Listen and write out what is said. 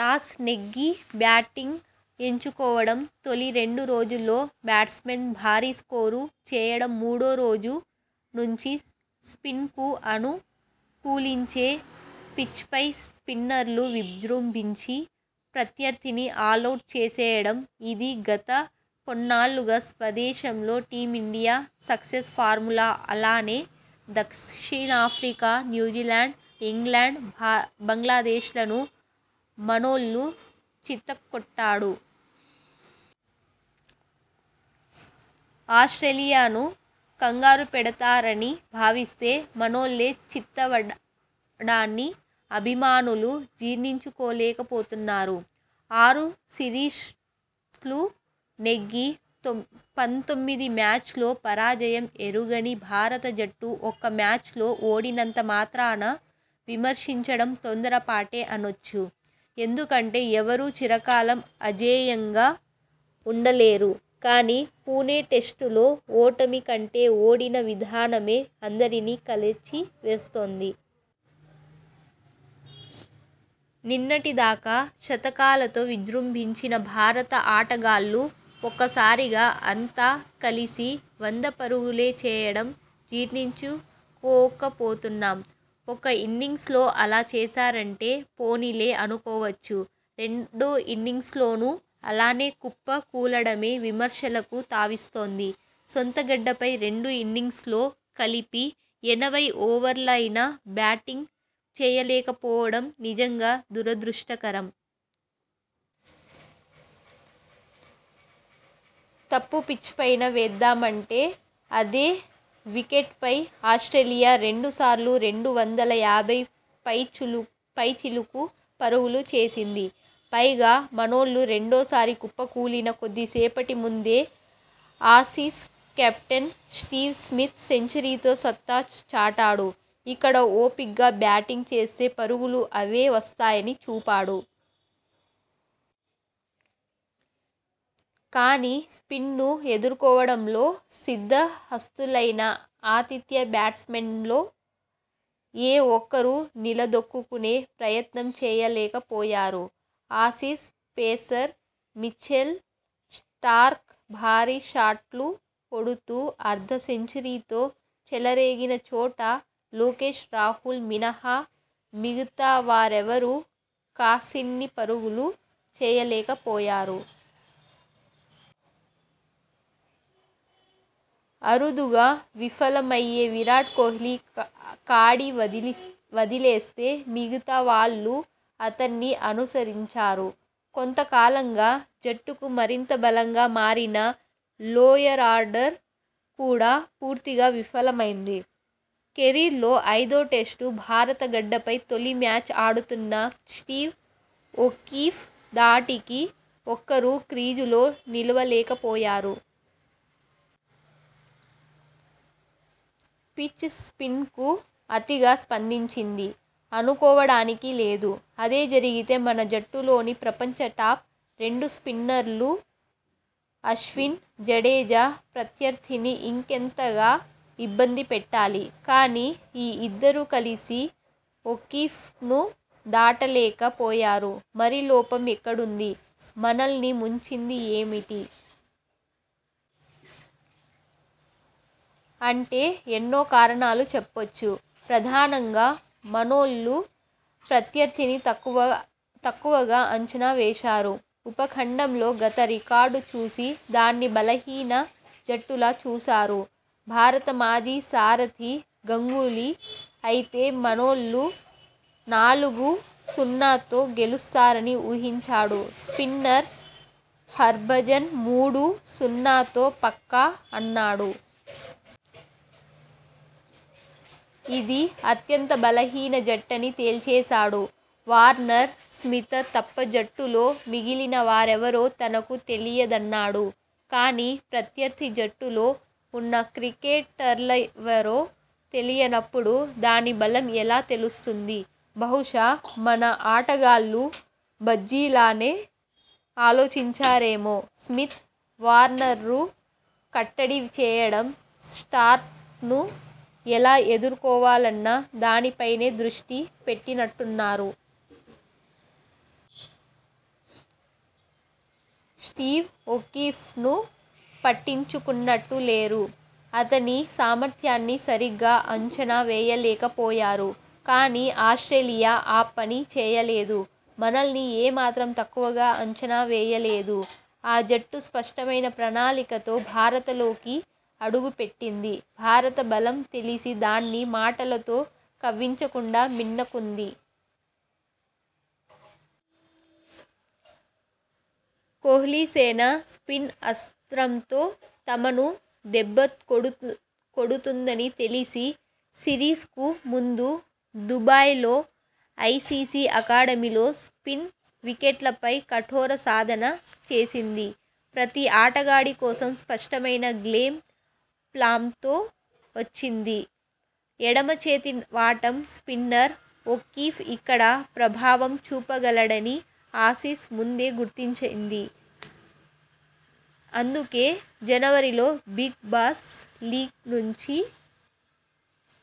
Toss నెగ్గి batting ఎంచు కోవడం, తొలి రెండు రోజుల్లో బ్యాట్స్మెన్ భారీ స్కోరు చేయడంమూడో రోజు నుంచి స్పిన్కు అను కూలించే పిచ్పై స్పిన్నర్లు విజృంభించి ప్రత్యర్థిని ఆలౌట్ చేసేయడం.! ఇదీ గత కొన్నాళ్లుగా స్వదేశంలో టీమిండియా సక్సెస్ ఫార్ములా. అలానే, దక్షిణాఫ్రికా, న్యూజిలాండ్, ఇంగ్లండ్, బంగ్లాదేశ్లను మనోళ్లు చితక్కొట్టాడు! ఆస్ట్రేలియా ను కంగారు పెడతారని భావిస్తే మనోళ్లే చిత్తవడాన్ని అభిమానులు జీర్ణించుకోలేకపోతున్నారు.! ఆరు సిరీస్లు నెగ్గి, పంతొమ్మిది మ్యాచ్ల్లో పరాజయం ఎరుగని భారత జట్టు ఒక్క మ్యాచ్లో ఓడినంత మాత్రాన విమర్శించడం తొందర పాటే అనొచ్చు. ఎందు కంటే ఎవరూ చిరకాలం అజేయంగా ఉండలేరు. కానీ, పుణె టెస్టులో ఓటమి కంటే ఓడిన విధానమే అందరినీ కలచి వేస్తోంది.! నిన్నటి దాకా శతకాలతో విజృంభించిన భారత ఆటగాళ్లు ఒక్క సారిగా అంతా కలిసి వంద పరుగులే చేయడం జీర్ణించుకోకపోతున్నాం. ఒక్క ఇన్నింగ్స్లో అలా చేశారంటే పోనీలే అనుకోవచ్చు. రెండో ఇన్నింగ్స్లోనూ అలానే కుప్ప కూలడమే విమర్శలకు తావిస్తోంది. సొంత గడ్డపై రెండు ఇన్నింగ్స్ల్లో కలిపి ఎనభై ఓవర్లయినా బ్యాటింగ్ చేయలేక పోవడం నిజంగా దురదృష్టకరం. తప్పు పిచ్పైన వేద్దామంటే అదే వికెట్పై ఆస్ట్రేలియా రెండు సార్లు రెండు వందల యాభై పైచిలుకు పరుగులు చేసింది. పైగా, మనోళ్లు రెండో సారి కుప్పకూలిన కొద్దిసేపటి ముందే ఆసీస్ కెప్టెన్ స్టీవ్ స్మిత్ సెంచరీతో సత్తా చాటాడు. ఇక్కడ ఓపిగ్గా బ్యాటింగ్ చేస్తే పరుగులు అవే వస్తాయని చూపాడు. కానీ, స్పిన్ను ఎదుర్కోవడంలో సిద్ధ హస్తులైన ఆతిథ్య బ్యాట్స్మెన్లో ఏ ఒక్కరూ నిల దొక్కుకునే ప్రయత్నం చేయలేక పోయారు. ఆసీస్ పేసర్ మిచెల్ స్టార్క్ భారీ షాట్లు కొడుతూ అర్ధ సెంచరీతో చెలరేగిన చోట లోకేశ్ రాహుల్ మినహా మిగతావారెవరూ కాసిన్ని పరుగులు చేయలేక పోయారు. అరుదుగా విఫలమయ్యే విరాట్ కోహ్లీ కాడి వదిలేస్తే మిగతా వాళ్లూ అతణ్ణి అనుసరించారు. కొంత కాలంగా జట్టుకు మరింత బలంగా మారిన లోయరార్డర్ కూడా పూర్తిగా విఫలమైంది. కెరీర్లో ఐదో టెస్టు, భారత గడ్డపై తొలి మ్యాచ్ ఆడుతున్న స్టీవ్ ఒకీఫ్ ధాటికి ఒక్కరూ క్రీజులో నిలువ లేకపోయారు. పిచ్ స్పిన్కు అతిగా స్పందించింది అనుకోవడానికీ లేదు. అదే జరిగితే మన జట్టులోని ప్రపంచ టాప్, రెండు స్పిన్నర్లు అశ్విన్, జడేజా ప్రత్యర్థిని ఇంకెంతగా ఇబ్బంది పెట్టాలి. కానీ, ఈ ఇద్దరూ కలిసి ఒకీఫ్ను దాటలేక పోయారు. మరి లోపం ఎక్కడుంది? మనల్ని ముంచింది ఏమిటి? అంటే ఎన్నో కారణాలు చెప్పొచ్చు. ప్రధానంగా, మనోళ్లు ప్రత్యర్థిని తక్కువ తక్కువగా అంచనా వేశారు. ఉప ఖండంలో గత రికార్డు చూసి దాన్ని బలహీన జట్టులా చూశారు. భారత మాజీ సారథి గంగూలీ అయితే మనోళ్లు నాలుగు, సున్నాతో గెలుస్తారని ఊహించాడు. స్పిన్నర్ హర్భజన్ మూడు, సున్నాతో పక్కా అన్నాడు. ఇది అత్యంత బలహీన జట్టని తేల్చేశాడు. వార్నర్, స్మిత తప్ప జట్టులో మిగిలిన వారెవరో తనకు తెలియదన్నాడు. కానీ, ప్రత్యర్థి జట్టులో ఉన్న క్రికెటర్లవరో తెలియనప్పుడు దాని బలం ఎలా తెలుస్తుంది? బహుశా మన ఆటగాళ్లూ భజ్జీలానే ఆలోచించారేమో! స్మిత్, వార్నర్ను కట్టడి చేయడం, స్టార్క్ను ఎలా ఎదుర్కోవాలన్న దానిపైనే దృష్టి పెట్టినట్టున్నారు. స్టీవ్ ఒకీఫ్ను పట్టించుకున్నట్టు లేరు. అతని సామర్థ్యాన్ని సరిగ్గా అంచనా వేయలేక పోయారు. కానీ, ఆస్ట్రేలియా ఆ పని చేయలేదు. మనల్ని ఏ మాత్రం తక్కువగా అంచనా వేయలేదు. ఆ జట్టు స్పష్టమైన ప్రణాళికతో భారతలోకి అడుగు పెట్టింది. భారత బలం తెలిసి దాన్ని మాటలతో కవ్వించకుండా మిన్నకుంది. కోహ్లీసేన స్పిన్ అస్త్రంతో తమను దెబ్బ కొడుతుందని తెలిసి సిరీస్కు ముందు దుబాయ్లో ఐసీసీ అకాడమీలో స్పిన్ వికెట్లపై కఠోర సాధన చేసింది. ప్రతీ ఆటగాడి కోసం స్పష్టమైన గ్లేమ్ ప్లామ్తో వచ్చింది. ఎడమ చేతి వాటం స్పిన్నర్ ఒకీఫ్ ఇక్కడ ప్రభావం చూపగలడని ఆసీస్ ముందే గుర్తించింది. అందుకే, జనవరిలో బిగ్ బాష్ లీగ్ నుంచి